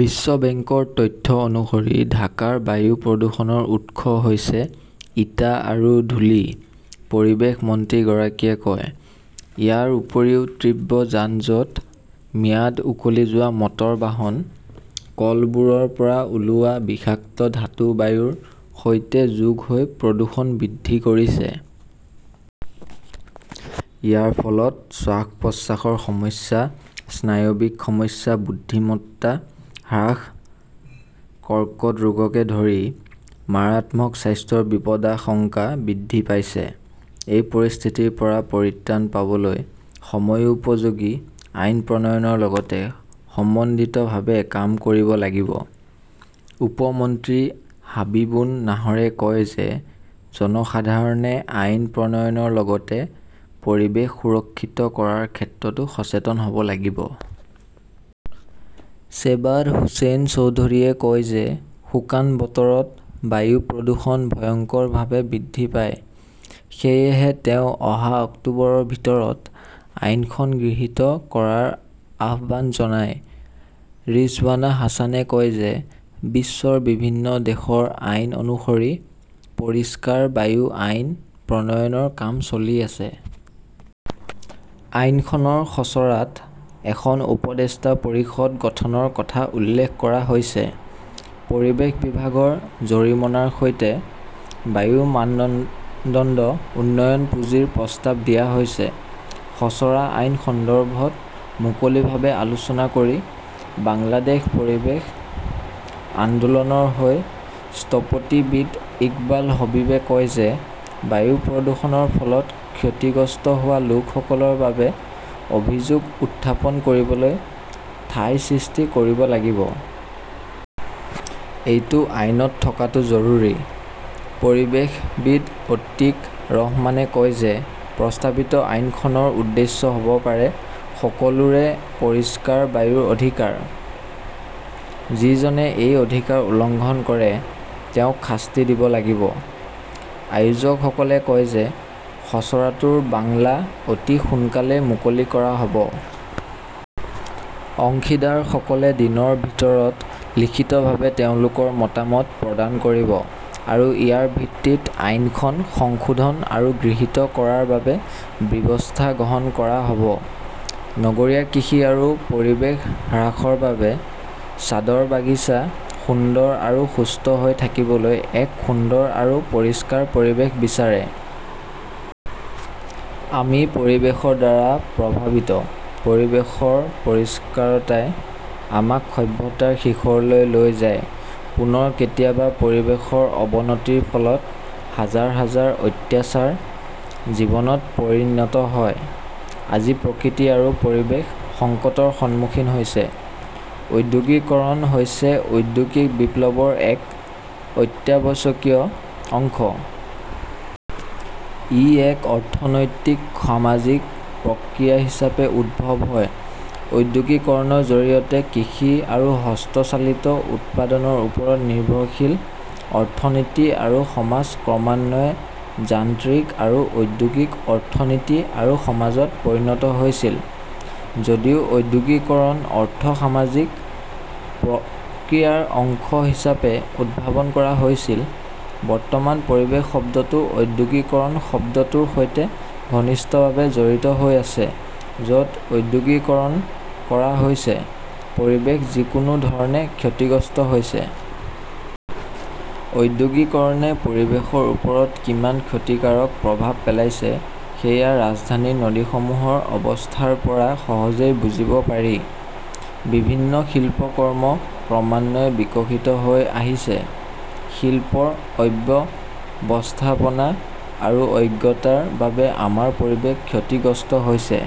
বিশ্ব বেংকৰ তথ্য অনুসৰি ঢাকাৰ বায়ু প্ৰদূষণৰ উৎস হৈছে ইটা আৰু ধূলি, পৰিৱেশ মন্ত্ৰীগৰাকীয়ে কয়। ইয়াৰ উপৰিও তীব্ৰ যান-জঁট, ম্যাদ উকলি যোৱা মটৰ বাহন, কলবোৰৰ পৰা ওলোৱা বিষাক্ত ধাতু বায়ুৰ সৈতে যোগ হৈ প্ৰদূষণ বৃদ্ধি কৰিছে। ইয়াৰ ফলত শ্বাস-প্ৰশ্বাসৰ সমস্যা, স্নায়ৱিক সমস্যা, বুদ্ধিমত্তা হ্ৰাস, কৰ্কট ৰোগকে ধৰি মাৰাত্মক স্বাস্থ্যৰ বিপদাশংকা বৃদ্ধি পাইছে। এই পৰিস্থিতিৰ পৰা পৰিত্ৰাণ পাবলৈ সময়োপযোগী আইন প্ৰণয়নৰ লগতে সমন্বিতভাৱে কাম কৰিব লাগিব। উপ মন্ত্ৰী হাবিবুন নাহৰে কয় যে, জনসাধাৰণে আইন প্ৰণয়নৰ লগতে পৰিৱেশ সুৰক্ষিত কৰাৰ ক্ষেত্ৰতো সচেতন হ'ব লাগিব। শ্বেবাৰ হোসেন চৌধুৰীয়ে কয় যে শুকান বতৰত বায়ু প্ৰদূষণ ভয়ংকৰভাৱে বৃদ্ধি পায়। সেয়েহে তেওঁ অহা অক্টোবৰৰ ভিতৰত আইনখন গৃহীত কৰাৰ আহ্বান জনায়। ৰিজৱানা হাছানে কয় যে, বিশ্বৰ বিভিন্ন দেশৰ আইন অনুসৰি পৰিষ্কাৰ বায়ু আইন প্ৰণয়নৰ কাম চলি আছে। আইনখনৰ খচৰাত এখন 'উপদেষ্টা পৰিষদ' গঠনৰ কথা উল্লেখ কৰা হৈছে। পৰিৱেশ বিভাগৰ জৰিমনাৰ সৈতে বায়ু মানদণ্ড উন্নয়ন পুঁজিৰ প্ৰস্তাৱ দিয়া হৈছে। খচৰা আইন সন্দৰ্ভত মুকলিভাৱে আলোচনা কৰি বাংলাদেশ পৰিৱেশ আন্দোলনৰ হৈ স্থপতিবিদ ইকবাল হবীবে কয় যে, বায়ু প্ৰদূষণৰ ফলত ক্ষতিগ্ৰস্ত হোৱা লোকসকলৰ বাবে অভিযোগ উত্থাপন কৰিবলৈ ঠাই সৃষ্টি কৰিব লাগিব। এইটো আইনত থকাটো জৰুৰী। পৰিৱেশবিদ অতীক ৰহমানে কয় যে, প্ৰস্তাৱিত আইনখনৰ উদ্দেশ্য হ'ব পাৰে, সকলোৰে পৰিষ্কাৰ বায়ুৰ অধিকাৰ। যিজনে এই অধিকাৰ উলংঘন কৰে তেওঁক শাস্তি দিব লাগিব। আয়োজকসকলে কয় যে, খচৰাটোৰ বাংলা অতি সোনকালেই মুকলি কৰা হ'ব। অংশীদাৰসকলে দিনৰ ভিতৰত লিখিতভাৱে তেওঁলোকৰ মতামত প্ৰদান কৰিব আৰু ইয়াৰ ভিত্তিত আইনখন সংশোধন আৰু গৃহীত কৰাৰ বাবে ব্যৱস্থা গ্ৰহণ কৰা হ 'ব। নগৰীয়া কৃষি আৰু পৰিৱেশ হ্ৰাসৰ বাবে ছাদৰ বাগিচা সুন্দৰ আৰু সুস্থ হৈ থাকিবলৈ এক সুন্দৰ আৰু পৰিষ্কাৰ পৰিৱেশ বিচাৰে। আমি পৰিৱেশৰ দ্বাৰা প্ৰভাৱিত। পৰিৱেশৰ পৰিষ্কাৰতাই আমাক সভ্যতাৰ শিখৰলৈ লৈ যায়। পুনৰ কেতিয়াবা পৰিৱেশৰ অৱনতিৰ ফলত হাজাৰ হাজাৰ অত্যাচাৰ জীৱনত পৰিণত হয়। আজি প্ৰকৃতি আৰু পৰিৱেশ সংকটৰ সন্মুখীন হৈছে। ঔদ্যোগিকৰণ হৈছে ঔদ্যোগিক বিপ্লৱৰ এক অত্যাৱশ্যকীয় অংশ। ই এক অৰ্থনৈতিক, সামাজিক প্ৰক্ৰিয়া হিচাপে উদ্ভৱ হয়। ঔদ্যোগিকৰণৰ জৰিয়তে কৃষি আৰু হস্তচালিত উৎপাদনৰ ওপৰত নিৰ্ভৰশীল অৰ্থনীতি আৰু সমাজ ক্ৰমান্বয়ে যান্ত্ৰিক আৰু ঔদ্যোগিক অৰ্থনীতি আৰু সমাজত পৰিণত হৈছিল। যদিও ঔদ্যোগিকীকৰণ অৰ্থ-সামাজিক প্ৰক্ৰিয়াৰ অংশ হিচাপে উদ্ভাৱন কৰা হৈছিল, বৰ্তমান পৰিৱেশ শব্দটো ঔদ্যোগিকৰণ শব্দটোৰ সৈতে ঘনিষ্ঠভাৱে জড়িত হৈ আছে, য 'ত ঔদ্যোগিকৰণ কৰা হৈছে, পৰিৱেশ যিকোনো ধৰণে ক্ষতিগ্ৰস্ত হৈছে। ঔদ্যোগিকৰণে পৰিৱেশৰ ওপৰত কিমান ক্ষতিকাৰক প্ৰভাৱ পেলাইছে সেয়া ৰাজধানীৰ নদীসমূহৰ অৱস্থাৰ পৰা সহজেই বুজিব পাৰি। বিভিন্ন শিল্পকৰ্ম ক্ৰমান্বয়ে বিকশিত হৈ আহিছে। শিল্পৰ অব্যৱস্থাপনা আৰু অজ্ঞতাৰ বাবে আমাৰ পৰিৱেশ ক্ষতিগ্ৰস্ত হৈছে।